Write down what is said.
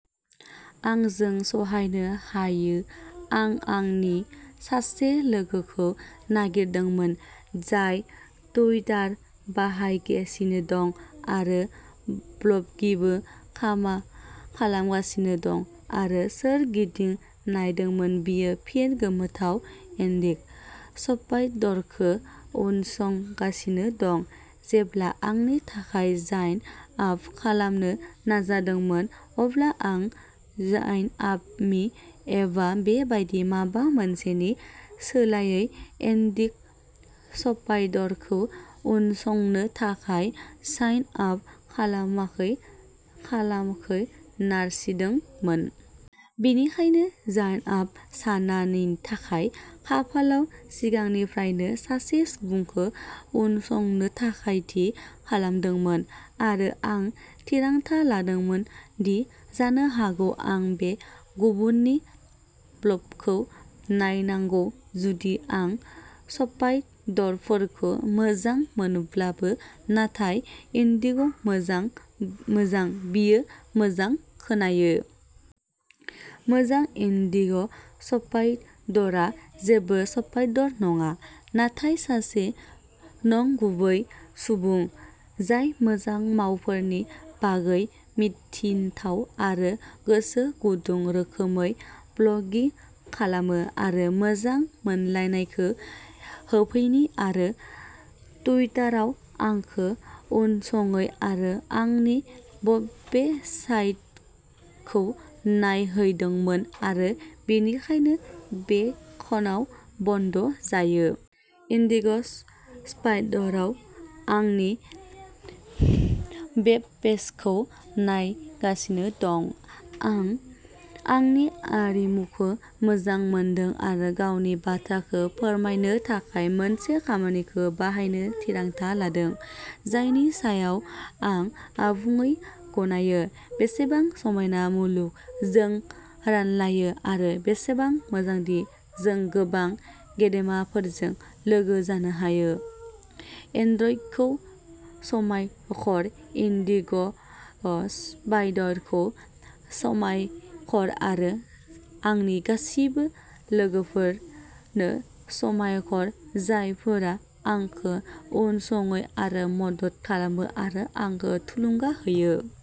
आंजों सहायनो हायो, आं आंनि सासे लोगोखौ नागिरदोंमोन, जाय टुइटार बाहायगासिनो दं आरो ब्लगिबो खामा खालामगासिनो दं आरो सोरगिदिं नायदोंमोन बियो फिन गोमोथाव इन्डिग' स्पाइडरखौ उनसंगासिनो दं। जेब्ला आंनि थाखाय जाय आप खालामनो नाजादोंमोन, अब्ला आं "जाइन आप मि" एबा बेबादि माबा मोनसेनि सोलायै "इन्डिग'स्पाइडरखौ उनसंनो थाखाय साइन आप खालामखै खालामखौ नारसिनदोंमोन। बेनिखायनो, जाइन आप सानायनि थाखाय, खाफालआ सिगांनिफ्रायनो सासे सुबुंखौ उनसंनो थाखाय थि खालामदोंमोन आरो आं थिरांथा लादोंमोन दि जानो हागौ आं बे गुबुननि ब्लगखौ नायनांगौ जुदि आं स्पाइडरफोरखौ मोजां मोनाब्लाबो, नाथाय इन्डिग' मोजां मोजां, बेयो मोजां खोनायो। मोजां, इन्डिग'स्पाइडरआ जेबो स्पाइडर नङा, नाथाय सासे नंगुबै सुबुं जाय मोजां मावफोरनि बागै मिथिथाव आरो गोसो गुदुं रोखोमै ब्लगिं खालामो आरो मोजां मोनलायनायखो होफैनि आरो टुइटाराव आंखो उनसङै आरो आंनि वबेसाइटखौ नायहैदोंमोन आरो बेनिखायनो बेंखनआव बन्द जायो। इन्डिग'स्पाइडरआव आंनि वेबपेजखौ नायगासिनो दं, आं आंनि आरिमुखौ मोजां मोनदों आरो गावनि बाथ्राखौ फोरमायनो थाखाय मोनसे खामानिखौ बाहायनो थिरांथा लादों, जायनि सायाव आं आबुङै गनायो। बेसेबां समायना मुलुग जों रानलायो आरो बेसेबां मोजांदि जों गोबां गेदेमाफोरजों लोगो जानो हायो, एन्ड्र्यटखौ समायबखर, इन्डिग'स्पाइडरखौ समायखर आरो आंनि गासिबो लोगोफोरनो समायखर, जायफोरा आंखौ उनसङो आरो मदद खालामो आरो आंखो थुलुंगा होयो।